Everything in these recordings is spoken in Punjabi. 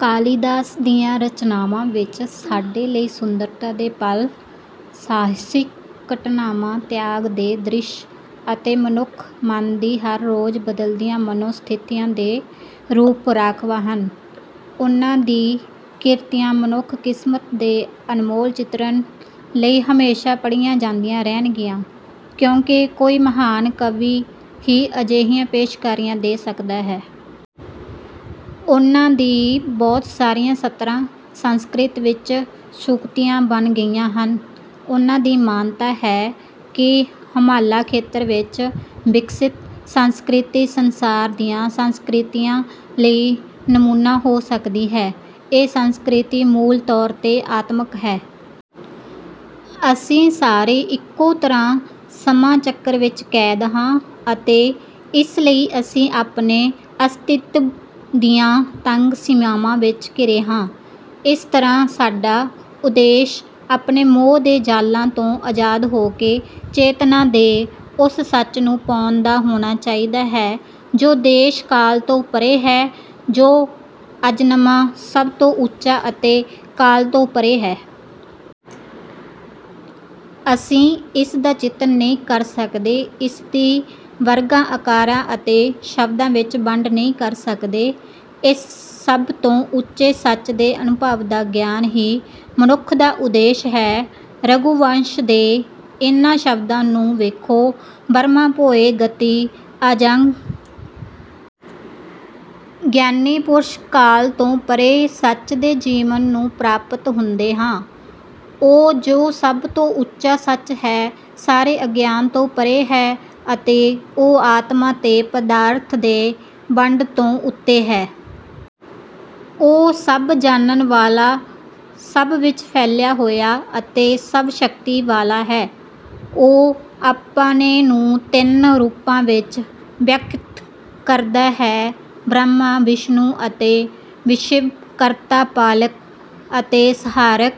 ਕਾਲੀਦਾਸ ਦੀਆਂ ਰਚਨਾਵਾਂ ਵਿੱਚ ਸਾਡੇ ਲਈ ਸੁੰਦਰਤਾ ਦੇ ਪਲ ਸਾਹਸਿਕ ਘਟਨਾਵਾਂ ਤਿਆਗ ਦੇ ਦ੍ਰਿਸ਼ ਅਤੇ ਮਨੁੱਖ ਮਨ ਦੀ ਹਰ ਰੋਜ਼ ਬਦਲਦੀਆਂ ਮਨੋ ਸਥਿਤੀਆਂ ਦੇ ਰੂਪ ਰਾਖਵਾਂ ਹਨ। ਉਨ੍ਹਾਂ ਦੀ ਕੀਰਤੀਆਂ ਮਨੁੱਖ ਕਿਸਮਤ ਦੇ ਅਨਮੋਲ ਚਿਤਰਣ ਲਈ ਹਮੇਸ਼ਾਂ ਪੜ੍ਹੀਆਂ ਜਾਂਦੀਆਂ ਰਹਿਣਗੀਆਂ ਕਿਉਂਕਿ ਕੋਈ ਮਹਾਨ ਕਵੀ ਹੀ ਅਜਿਹੀਆਂ ਪੇਸ਼ਕਾਰੀਆਂ ਦੇ ਸਕਦਾ ਹੈ। ਉਨ੍ਹਾਂ ਦੀ ਬਹੁਤ ਸਾਰੀਆਂ ਸਤਰਾਂ ਸੰਸਕ੍ਰਿਤ ਵਿੱਚ ਸੂਕਤੀਆਂ ਬਣ ਗਈਆਂ ਹਨ। ਉਨ੍ਹਾਂ ਦੀ ਮਾਨਤਾ ਹੈ ਕਿ ਹਿਮਾਲਾ ਖੇਤਰ ਵਿੱਚ ਵਿਕਸਿਤ ਸੰਸਕ੍ਰਿਤੀ ਸੰਸਾਰ ਦੀਆਂ ਸੰਸਕ੍ਰਿਤੀਆਂ ਲਈ ਨਮੂਨਾ ਹੋ ਸਕਦੀ ਹੈ। ਇਹ ਸੰਸਕ੍ਰਿਤੀ ਮੂਲ ਤੌਰ ਤੇ ਆਤਮਕ ਹੈ। ਅਸੀਂ ਸਾਰੇ ਇਕੋ ਤਰ੍ਹਾਂ ਸਮਾਂ ਚੱਕਰ ਵਿੱਚ ਕੈਦ ਹਾਂ ਅਤੇ ਇਸ ਲਈ ਅਸੀਂ ਆਪਣੇ ਅਸਤਿਤਵ ਦੀਆਂ ਤੰਗ ਸੀਮਾਵਾਂ ਵਿੱਚ ਘਿਰੇ ਹਾਂ। ਇਸ ਤਰ੍ਹਾਂ ਸਾਡਾ ਉਦੇਸ਼ ਆਪਣੇ ਮੋਹ ਦੇ ਜਾਲਾਂ ਤੋਂ ਅਜ਼ਾਦ ਹੋਕੇ ਚੇਤਨਾ ਦੇ ਉਸ ਸੱਚ ਨੂੰ ਪਾਉਣ ਦਾ ਹੋਣਾ ਚਾਹੀਦਾ ਹੈ ਜੋ ਦੇਸ਼ ਕਾਲ ਤੋਂ ਪਰੇ ਹੈ ਜੋ ਅਜਨਮਾ ਸਭ ਤੋਂ ਉੱਚਾ ਅਤੇ ਕਾਲ ਤੋਂ ਪਰੇ ਹੈ। ਅਸੀਂ ਇਸਦਾ ਚਿਤਨ ਨਹੀਂ ਕਰ ਸਕਦੇ ਇਸਦੀ ਵਰਗਾਂ ਆਕਾਰਾਂ ਅਤੇ ਸ਼ਬਦਾਂ ਵਿੱਚ ਵੰਡ ਨਹੀਂ ਕਰ ਸਕਦੇ। ਇਸ ਸਭ ਤੋਂ ਉੱਚੇ ਸੱਚ ਦੇ ਅਨੁਭਵ ਦਾ ਗਿਆਨ ਹੀ ਮਨੁੱਖ ਦਾ ਉਦੇਸ਼ ਹੈ। ਰਘੂਵੰਸ਼ ਦੇ ਇਨ੍ਹਾਂ ਸ਼ਬਦਾਂ ਨੂੰ ਵੇਖੋ ਬਰਹਮਾਭੂਇੰ ਗਤੀਂ ਅਜਾਗੰ। ਗਿਆਨੀ ਪੁਰੁਸ਼ ਕਾਲ ਤੋਂ ਪਰੇ ਸੱਚ ਦੇ ਜੀਵਨ ਨੂੰ ਪ੍ਰਾਪਤ ਹੁੰਦੇ ਹਾਂ। ਉਹ ਜੋ ਸਭ ਤੋਂ ਉੱਚਾ ਸੱਚ ਹੈ ਸਾਰੇ ਅਗਿਆਨ ਤੋਂ ਪਰੇ ਹੈ ਅਤੇ ਉਹ ਆਤਮਾ ਅਤੇ ਪਦਾਰਥ ਦੇ ਵੰਡ ਤੋਂ ਉੱਤੇ ਹੈ। ਉਹ ਸਭ ਜਾਣਨ ਵਾਲਾ ਸਭ ਵਿੱਚ ਫੈਲਿਆ ਹੋਇਆ ਅਤੇ ਸਭ ਸ਼ਕਤੀ ਵਾਲਾ ਹੈ। ਉਹ ਆਪਣੇ ਨੂੰ ਤਿੰਨ ਰੂਪਾਂ ਵਿੱਚ ਵਿਅਕਤ ਕਰਦਾ ਹੈ ਬ੍ਰਹਮਾ ਵਿਸ਼ਨੂੰ ਅਤੇ ਵਿਸ਼ਵ ਕਰਤਾ ਪਾਲਕ ਅਤੇ ਸੰਹਾਰਕ।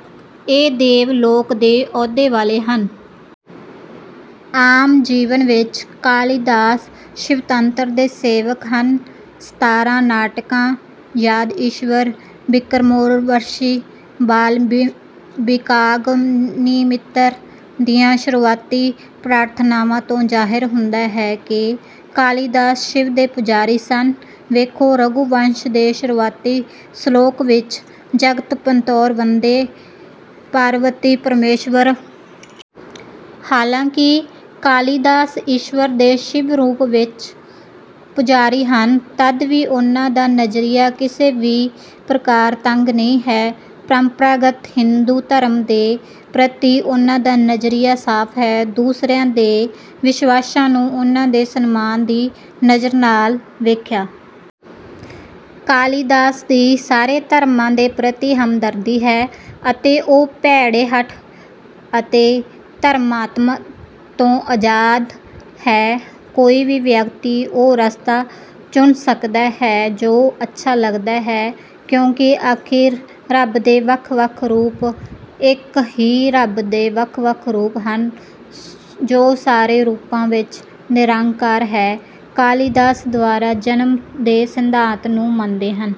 ਇਹ ਦੇਵ ਲੋਕ ਦੇ ਅਹੁਦੇ ਵਾਲੇ ਹਨ। ਆਮ ਜੀਵਨ ਵਿੱਚ ਕਾਲੀਦਾਸ ਸ਼ਿਵਤੰਤਰ ਦੇ ਸੇਵਕ ਹਨ। ਸਤਾਰਾਂ ਨਾਟਕਾਂ ਯਾਦ ਈਸ਼ਵਰ ਵਿਕਰਮੋਰਵਸ਼ੀ ਬਾਲਵਿਕਾਗਨਿਮਿਤਰ ਦੀਆਂ ਸ਼ੁਰੂਆਤੀ ਪ੍ਰਾਰਥਨਾਵਾਂ ਤੋਂ ਜ਼ਾਹਰ ਹੁੰਦਾ ਹੈ ਕਿ ਕਾਲੀਦਾਸ ਸ਼ਿਵ ਦੇ ਪੂਜਾਰੀ ਸਨ। ਵੇਖੋ ਰਘੂਵੰਸ਼ ਦੇ ਸ਼ੁਰੂਆਤੀ ਸ਼ਲੋਕ ਵਿੱਚ ਜਗਤ ਪਤੋਂਰ ਵੰਦੇ ਪਾਰਬਤੀ ਪਰਮੇਸ਼ਵਰ। ਹਾਲਾਂਕਿ ਕਾਲੀਦਾਸ ਈਸ਼ਵਰ ਦੇ ਸ਼ਿਵ ਰੂਪ ਵਿਚ ਪੂਜਾਰੀ ਹਨ ਤਦ ਵੀ ਉਨ੍ਹਾਂ ਦਾ ਨਜ਼ਰੀਆ ਕਿਸੇ ਵੀ ਪ੍ਰਕਾਰ ਤੰਗ ਨਹੀਂ ਹੈ। ਪਰੰਪਰਾਗਤ ਹਿੰਦੂ ਧਰਮ ਦੇ ਪ੍ਰਤੀ ਉਨ੍ਹਾਂ ਦਾ ਨਜ਼ਰੀਆ ਸਾਫ ਹੈ। ਦੂਸਰਿਆਂ ਦੇ ਵਿਸ਼ਵਾਸਾਂ ਨੂੰ ਉਨ੍ਹਾਂ ਦੇ ਸਨਮਾਨ ਦੀ ਨਜ਼ਰ ਨਾਲ ਵੇਖਿਆ। ਕਾਲੀਦਾਸ ਦੀ ਸਾਰੇ ਧਰਮਾਂ ਦੇ ਪ੍ਰਤੀ ਹਮਦਰਦੀ ਹੈ ਅਤੇ ਉਹ ਭੈੜੇ ਹਠ ਅਤੇ ਧਰਮਾਤਮ ਤੋਂ ਅਜ਼ਾਦ ਹੈ। ਕੋਈ ਵੀ ਵਿਅਕਤੀ ਉਹ ਰਸਤਾ ਚੁਣ ਸਕਦਾ ਹੈ ਜੋ ਅੱਛਾ ਲੱਗਦਾ ਹੈ ਕਿਉਂਕਿ ਆਖੀਰ ਰੱਬ ਦੇ ਵੱਖ ਵੱਖ ਰੂਪ ਇੱਕ ਹੀ ਰੱਬ ਦੇ ਵੱਖ ਵੱਖ ਰੂਪ ਹਨ ਜੋ ਸਾਰੇ ਰੂਪਾਂ ਵਿੱਚ ਨਿਰੰਕਾਰ ਹੈ। ਕਾਲੀਦਾਸ ਦੁਬਾਰਾ ਜਨਮ ਦੇ ਸਿਧਾਂਤ ਨੂੰ ਮੰਨਦੇ ਹਨ।